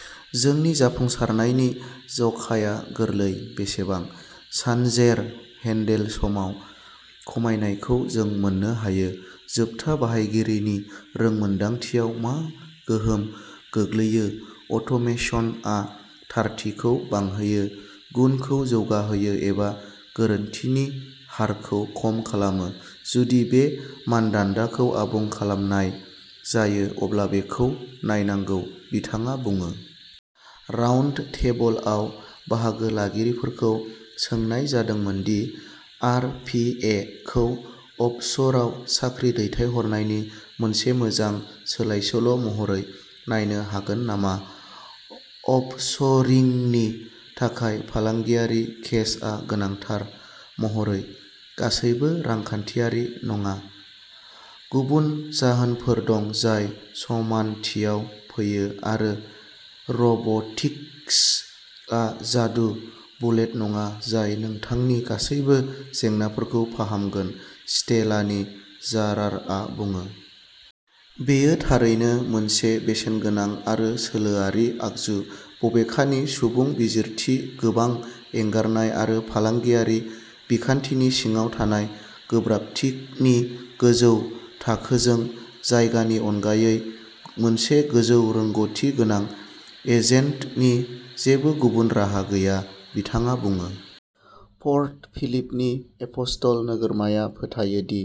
" जोंनि जाफुंसारनायनि जखाया गोरलै; बेसेबां। सानजेर हेन्डेल समाव खमायनायखौ जों मोन्नो हायो, जोबथा बाहायगिरिनि रोंमोन्दांथियाव मा गोहोम गोग्लैयो, अट'मेसनआ थारथिखौ बांहोयो, गुनखौ जौगाहोयो एबा गोरोन्थिनि हारखौ खम खालामो। जुदि बे मानदान्दाखौ आबुं खालामनाय जायो, अब्ला बेखौ नायनांगौ ", बिथाङा बुङो। राउन्डटेबलआव बाहागो लागिरिफोरखौ सोंनाय जादोंमोन दि आर. पि. ए. खौ अफशोराव साख्रि दैथायहरनायनि मोनसे मोजां सोलायसोल'महरै नायनो हागोन नामा। अफशोरिंनि थाखाय फालांगियारि केसआ गोनांथार महरै गासैबो रांखान्थियारि नङा; गुबुन जाहोनफोर दं जाय समानथियाव फैयो आरो रब'टिक्सआ जादु बुलेट नङा जाय नोंथांनि गासैबो जेंनाफोरखौ फाहामगोन, स्टेलानि जारारआ बुङो। " बेयो थारैनो मोनसे बेसेनगोनां आरो सोलोआरि आगजु, बबेखानि, सुबुं बिजिरथि, गोबां एंगारनाय आरो फालांगियारि बिखान्थिनि सिङाव थानाय गोब्राबथिनि गोजौ थाखोजों, जायगानि अनगायै मोनसे गोजौ रोंग'थि गोनां एजेन्टनि जेबो गुबुन राहा गैया ", बिथाङा बुङो। पर्ट फिलिपनि एप'स्ट'ल नोगोरमाया फोथायो दि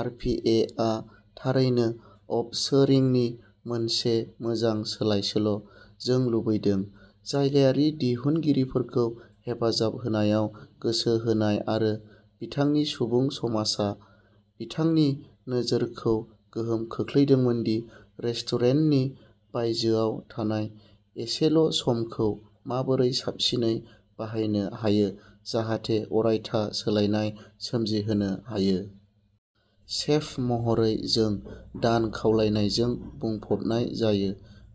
आर. पि. ए. आ'थारैनो'अफशोरिंनि मोनसे मोजां सोलायसोल'। " जों लुबैदों। जायगायारि दिहुनगिरिफोरखौ हेफाजाब होनायाव गोसो होनाय आरो बिथांनि सुबुं समाजआ बिथांनि नोजोरखौ गोहोम खोख्लैदोंमोन दि रेस्तुरेन्तनि बायजोआव थानाय एसेल'समखौ माबोरै साबसिनै बाहायनो हायो जाहाथे अरायथा सोलायनाय सोमजिहोनो हायो। सेफ महरै, जों दान खावलायनायजों बुंफबनाय जायो।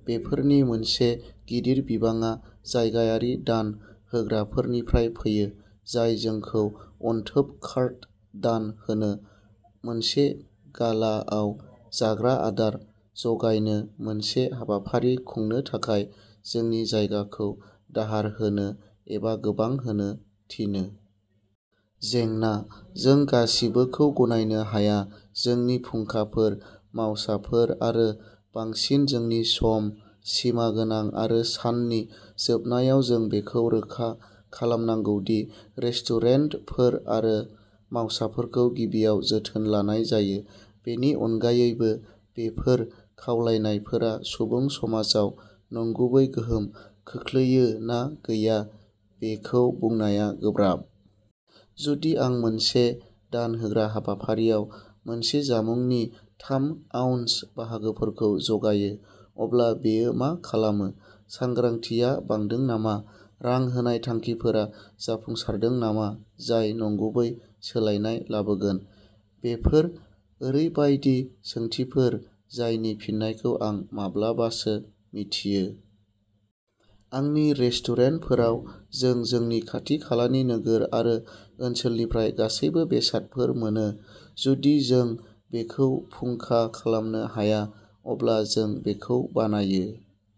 बेफोरनि मोनसे गिदिर बिबांआ जायगायारि दान होग्राफोरनिफ्राय फैयो, जाय जोंखौ अनथोब कार्ड दान होनो, मोनसे गालाआव जाग्रा आदार जगायनो, मोनसे हाबाफारि खुंनो थाखाय जोंनि जायगाखौ दाहार होनो एबा गोबां होनो थिनो। जेंनाः जों गासिबोखौ गनायनो हाया। जोंनि फुंखाफोर, मावसाफोर, आरो बांसिनै, जोंनि सम, सिमा गोनां, आरो साननि जोबनायाव जों बेखौ रोखा खालामनांगौ दि रेस्तुरेन्तफोर आरो मावसाफोरखौ गिबियाव जोथोन लानाय जायो। बेनि अनगायैबो, बेफोर खावलायनायफोरा सुबुं समाजाव नंगुबै गोहोम खोख्लैयो ना गैया बेखौ बुंनाया गोब्राब। जुदि आं मोनसे दान होग्रा हाबाफारिआव मोनसे जामुंनि थाम-आउन्स बाहागोफोरखौ जगायो, अब्ला बेयो मा खालामो? सांग्रांथिया बांदों नामा? रां होनाय थांखिफोरा जाफुंसारदों नामा जाय नंगुबै सोलायनाय लाबोगोन? बेफोर ओरैबायदि सोंथिफोर जायनि फिननायखौ आं माब्लाबासो मिथियो। आंनि रेस्टुरेन्टफोराव, जों जोंनि खाथि-खालानि नोगोर आरो ओनसोलनिफ्राय गासैबो बेसादफोर मोनोः जुदि जों बेखौ फुंखा खालामनो हाया, अब्ला जों बेखौ बानायो।